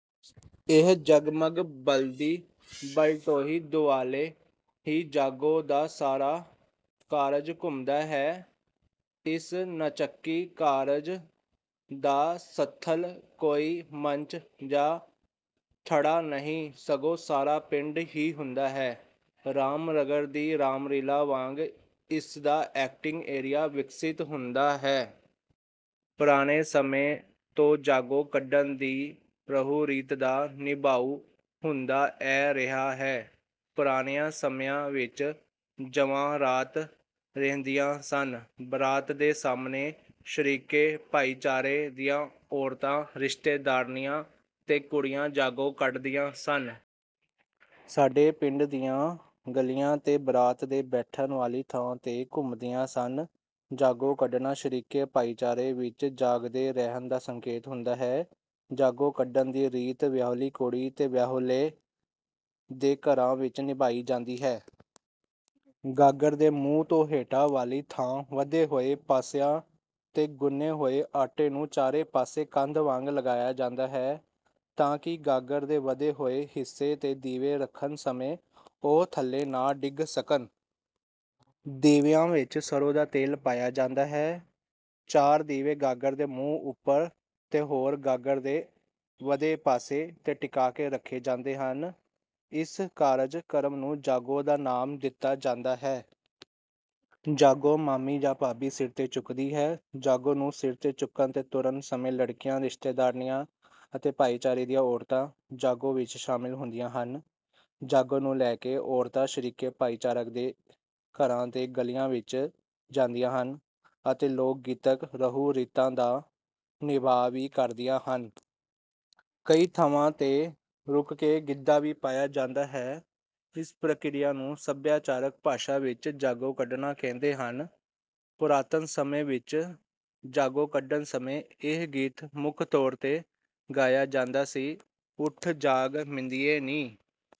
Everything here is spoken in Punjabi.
ਇਹ ਜਗਮਗ ਬਲਦੀ ਬਲਟੋਹੀ ਦੁਆਲੇ ਹੀ ਜਾਗੋ ਦਾ ਸਾਰਾ ਕਾਰਜ ਘੁੰਮਦਾ ਹੈ। ਇਸ ਨਚਕੀ ਕਾਰਜ ਦਾ ਸਥਲ ਕੋਈ ਮੰਚ ਜਾਂ ਥੜਾ ਨਹੀਂ ਸਗੋਂ ਸਾਰਾ ਪਿੰਡ ਹੀ ਹੁੰਦਾ ਹੈ। 'ਰਾਮ ਨਗਰ ਦੀ ਰਾਮ ਲੀਲਾ' ਵਾਂਗ ਇਸ ਦਾ ਐਕਟਿੰਗ ਏਰੀਆ ਵਿਕਸੀਤ ਹੁੰਦਾ ਹੈ। ਪੁਰਾਣੇ ਸਮੇਂ ਤੋਂ ਜਾਗੋ ਕੱਢਣ ਦੀ ਰਹੁ-ਰੀਤ ਦਾ ਨਿਭਾਉ ਹੁੰਦਾ ਐ ਰਿਹਾ ਹੈ। ਪੁਰਾਣਿਆਂ ਸਮਿਆਂ ਵਿੱਚ ਜੰਞਾਂ ਰਾਤ ਰਹਿੰਦੀਆਂ ਸਨ। ਬਰਾਤ ਦੇ ਸਾਹਮਣੇ ਸ਼ਰੀਕੇ ਭਾਈਚਾਰੇ ਦੀਆਂ ਔਰਤਾਂ, ਰਿਸ਼ਤੇਦਾਰਨੀਆਂ ਤੇ ਕੁੜੀਆਂ ਜਾਗੋ ਕੱਢਦੀਆਂ ਸਨ। ਸਾਡੇ ਪਿੰਡ ਦੀਆਂ ਗਲੀਆਂ ਤੇ ਬਰਾਤ ਦੇ ਬੈਠਣ ਵਾਲੀ ਥਾਂ ਤੇ ਘੁੰਮਦੀਆਂ ਸਨ। ਜਾਗੋ ਕੱਢਣਾ ਸ਼ਰੀਕੇ ਭਾਈਚਾਰੇ ਵਿੱਚ ਜਾਗਦੇ ਰਹਿਣ ਦਾ ਸੰਕੇਤ ਹੁੰਦਾ ਹੈ। ਜਾਗੋ ਕੱਢਣ ਦੀ ਰੀਤ ਵਿਆਹੁਲੀ ਕੁੜੀ ਤੇ ਵਿਆਹੁਲੇ ਦੇ ਘਰਾਂ ਵਿੱਚ ਨਿਭਾਈ ਜਾਂਦੀ ਹੈ। ਗਾਗਰ ਦੇ ਮੂੰਹ ਤੋਂ ਹੇਠਾਂ ਵਾਲੀ ਥਾਂ ਵਧੇ ਹੋਏ ਪਾਸਿਆਂ ਤੇ ਗੁੰਨੇ ਹੋਏ ਆਟੇ ਨੂੰ ਚਾਰੇ ਪਾਸੇ ਕੰਧ ਵਾਂਗ ਲਗਾਇਆ ਜਾਂਦਾ ਹੈ ਤਾਂ ਕਿ ਗਾਗਰ ਦੇ ਵਧੇ ਹੋਏ ਹਿੱਸੇ ਤੇ ਦੀਵੇ ਰੱਖਣ ਸਮੇਂ ਉਹ ਥੱਲੇ ਨਾ ਡਿੱਗ ਸਕਣ। ਦੀਵਿਆਂ ਵਿੱਚ ਸਰ੍ਹੋਂ ਦਾ ਤੇਲ ਪਾਇਆ ਜਾਂਦਾ ਹੈ। ਚਾਰ ਦੀਵੇ ਗਾਗਰ ਦੇ ਮੂੰਹ ਉੱਪਰ ਤੇ ਹੋਰ ਗਾਗਰ ਦੇ ਵਧੇ ਪਾਸਿਆਂ ਤੇ ਟਿਕਾ ਕੇ ਰੱਖੇ ਜਾਂਦੇ ਹਨ। ਇਸ ਕਾਰਜ ਕਰਮ ਨੂੰ ਜਾਗੋ ਦਾ ਨਾਂਮ ਦਿੱਤਾ ਜਾਂਦਾ ਹੈ। ਜਾਗੋ ਮਾਮੀ ਜਾਂ ਭਾਬੀ ਸਿਰ ਤੇ ਚੁੱਕਦੀ ਹੈ। ਜਾਗੋ ਨੂੰ ਸਿਰ ਤੇ ਚੁੱਕਨ ਤੇ ਤੁਰਨ ਸਮੇਂ ਲੜਕੀਆਂ, ਰਿਸ਼ਤੇਦਾਰਨੀਆਂ ਅਤੇ ਭਾਈਚਾਰੇ ਦੀਆਂ ਔਰਤਾਂ ਜਾਗੋ ਵਿੱਚ ਸ਼ਾਮਿਲ ਹੁੰਦੀਆਂ ਹਨ। ਜਾਗੋ ਨੂੰ ਲੈ ਕੇ ਔਰਤਾਂ ਸ਼ਰੀਕੇ ਭਾਈਚਾਰਕ ਦੇ ਘਰਾਂ ਤੇ ਗਲੀਆਂ ਵਿੱਚ ਜਾਂਦੀਆਂ ਹਨ ਅਤੇ ਲੋਕਗੀਤਕ ਰਹੁ-ਰੀਤਾਂ ਦਾ ਨਿਭਾਅ ਵੀ ਕਰਦੀਆਂ ਹਨ। ਕਈ ਥਾਵਾਂ ਤੇ ਰੁਕ ਕੇ ਗਿੱਧਾ ਵੀ ਪਾਇਆ ਜਾਂਦਾ ਹੈ। ਇਸ ਪ੍ਰਕਿਰਿਆ ਨੂੰ ਸਭਿਆਚਾਰਕ ਭਾਸ਼ਾ ਵਿੱਚ 'ਜਾਗੋ ਕੱਢਣਾ' ਕਹਿੰਦੇ ਹਨ। ਪੁਰਾਤਨ ਸਮੇਂ ਵਿੱਚ ਜਾਗੋ ਕੱਢਣ ਸਮੇਂ ਇਹ ਗੀਤ ਮੁੱਖ ਤੌਰ ਤੇ ਗਾਇਆ ਜਾਂਦਾ ਸੀ: ਉੱਠ ਜਾਗ ਮਿੰਦੀਏ ਨੀ